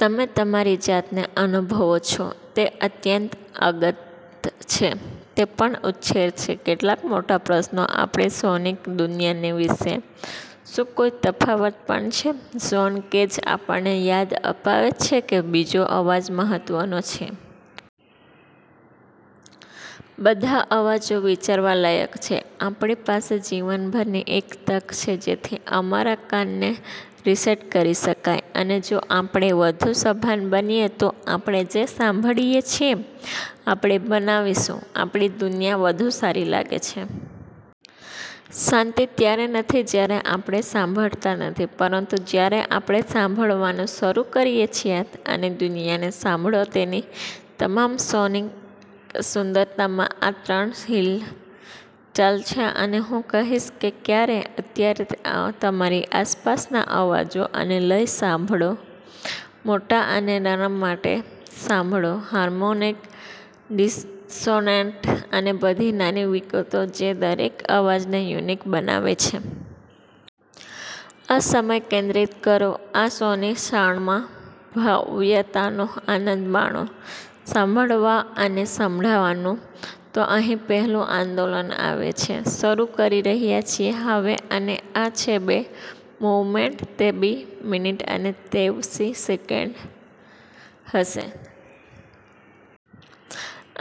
તમે તમારી જાતને અનુભવો છો. તે અત્યંત અંગત છે. તે પણ ઉછેરે છે કેટલાક મોટા પ્રશ્નો આપણી સોનિક દુનિયા વિશે. શું કોઈ તફાવત પણ છે? જ્હોન કેજ આપણને યાદ અપાવે છે કે બીજો અવાજ મહત્ત્વનો છે. બધા અવાજો વિચારવા લાયક છે. આપણી પાસે જીવનભરની એક તક છે જેથી અમારા કાન ને રીસેટ કરી શકાય. અને જો આપણે વધુ સભાન બનીએ તો આપણે જે સાંભળીએ છીએ, આપણે બનાવીશું. આપણી દુનિયા વધુ સારી લાગે છે. શાંતિ ત્યારે નથી જ્યારે આપણે સાંભળતા નથી, પરંતુ જ્યારે આપણે સાંભળવાનું શરૂ કરીએ છીએ અને દુનિયાને સાંભળો તેની તમામ સોનિક સુંદરતામાં. આ ત્રણ હિલચાલ છે, અને હું કહીશ કે ક્યારે. અત્યારે તમારી આસપાસના અવાજો અને લય સાંભળો, મોટા અને નરમ માટે સાંભળો, હાર્મોનિક, ડિસોનેન્ટ, અને બધી નાની વિગતો જે દરેક અવાજને યુનિક બનાવે છે. આ સમય કેન્દ્રિત કરો આ સોનિક ક્ષણમાં. ભવ્યતાનો આનંદ માણો સાંભળવા અને સાંભળવા નું. તો અહીં પહેલું આંદોલન આવે છે. શરૂ કરી રહ્યા છીએ... હવે. અને આ છે બે મૂવમેન્ટ. તે બે મિનિટ અને તેવીસ સેકન્ડ હશે.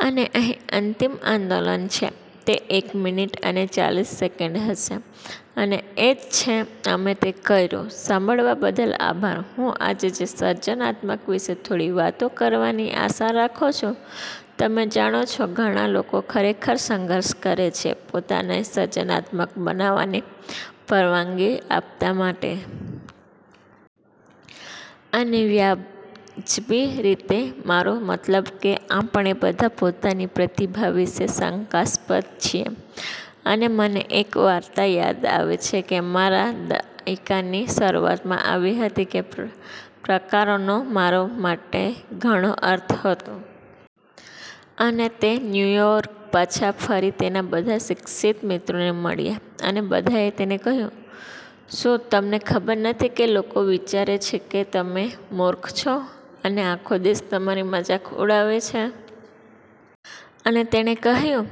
અને અહીં અંતિમ આંદોલન છે. તે એક મિનિટ અને ચાલીસ સેકન્ડ હશે. અને એ જ છે, અમે તે કર્યું. સાંભળવા બદલ આભાર. હું આજે સર્જનાત્મકતા વિશે થોડી વાતો કરવાની આશા રાખું છું. તમે જાણો છો, ઘણા લોકો ખરેખર સંઘર્ષ કરે છે પોતાને સર્જનાત્મક બનવાની પરવાનગી આપવા માટે. અને વ્યાજબી રીતે. મારો મતલબ કે આપણે બધા પોતાની પ્રતિભા વિશે શંકાસ્પદ છીએ. અને મને એક વાર્તા યાદ આવે છે જે મારા દાયકાની શરૂઆતમાં આવી હતી તે પ્રકારનો મારા માટે ઘણો અર્થ હતો. અને તે ન્યૂયોર્ક પાછા ફરી તેના બધા શિક્ષિત મિત્રોને મળ્યો, અને બધાએ તેને કહ્યું, "શું તમને ખબર નથી કે લોકો વિચારે છે કે તમે મૂર્ખ છો, અને આખો દેશ તમારી મજાક ઉડાવે છે? " અને તેણે કહ્યું,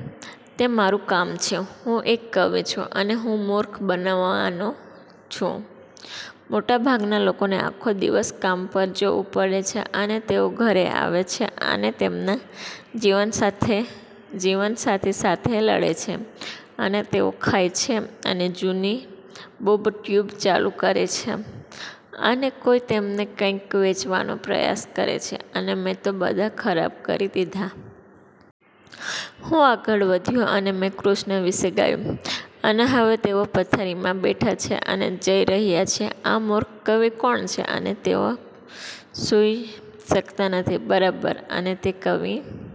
"તે મારું કામ છે. હું એક કવિ છું, અને હું મૂર્ખ બનવાનો છું. મોટાભાગના લોકોને આખો દિવસ કામ પર જવું પડે છે, અને તેઓ ઘરે આવે છે અને તેમના જીવનસાથી સાથે લડે છે, અને તેઓ ખાય છે, અને જૂની બૂબ ટ્યુબ ચાલુ કરે છે, અને કોઈ તેમને કંઈક વેચવાનો પ્રયાસ કરે છે, અને મેં તે બધા ખરાબ કરી દીધા. હું આગળ વધ્યો અને મેં કૃષ્ણ વિશે ગાયું, અને હવે તેઓ પથારીમાં બેઠા છે અને જઈ રહ્યા છે, 'આ મૂર્ખ કવિ કોણ છે? ' અને તેઓ સુઈ શકતા નથી, બરાબર? " અને તે કવિ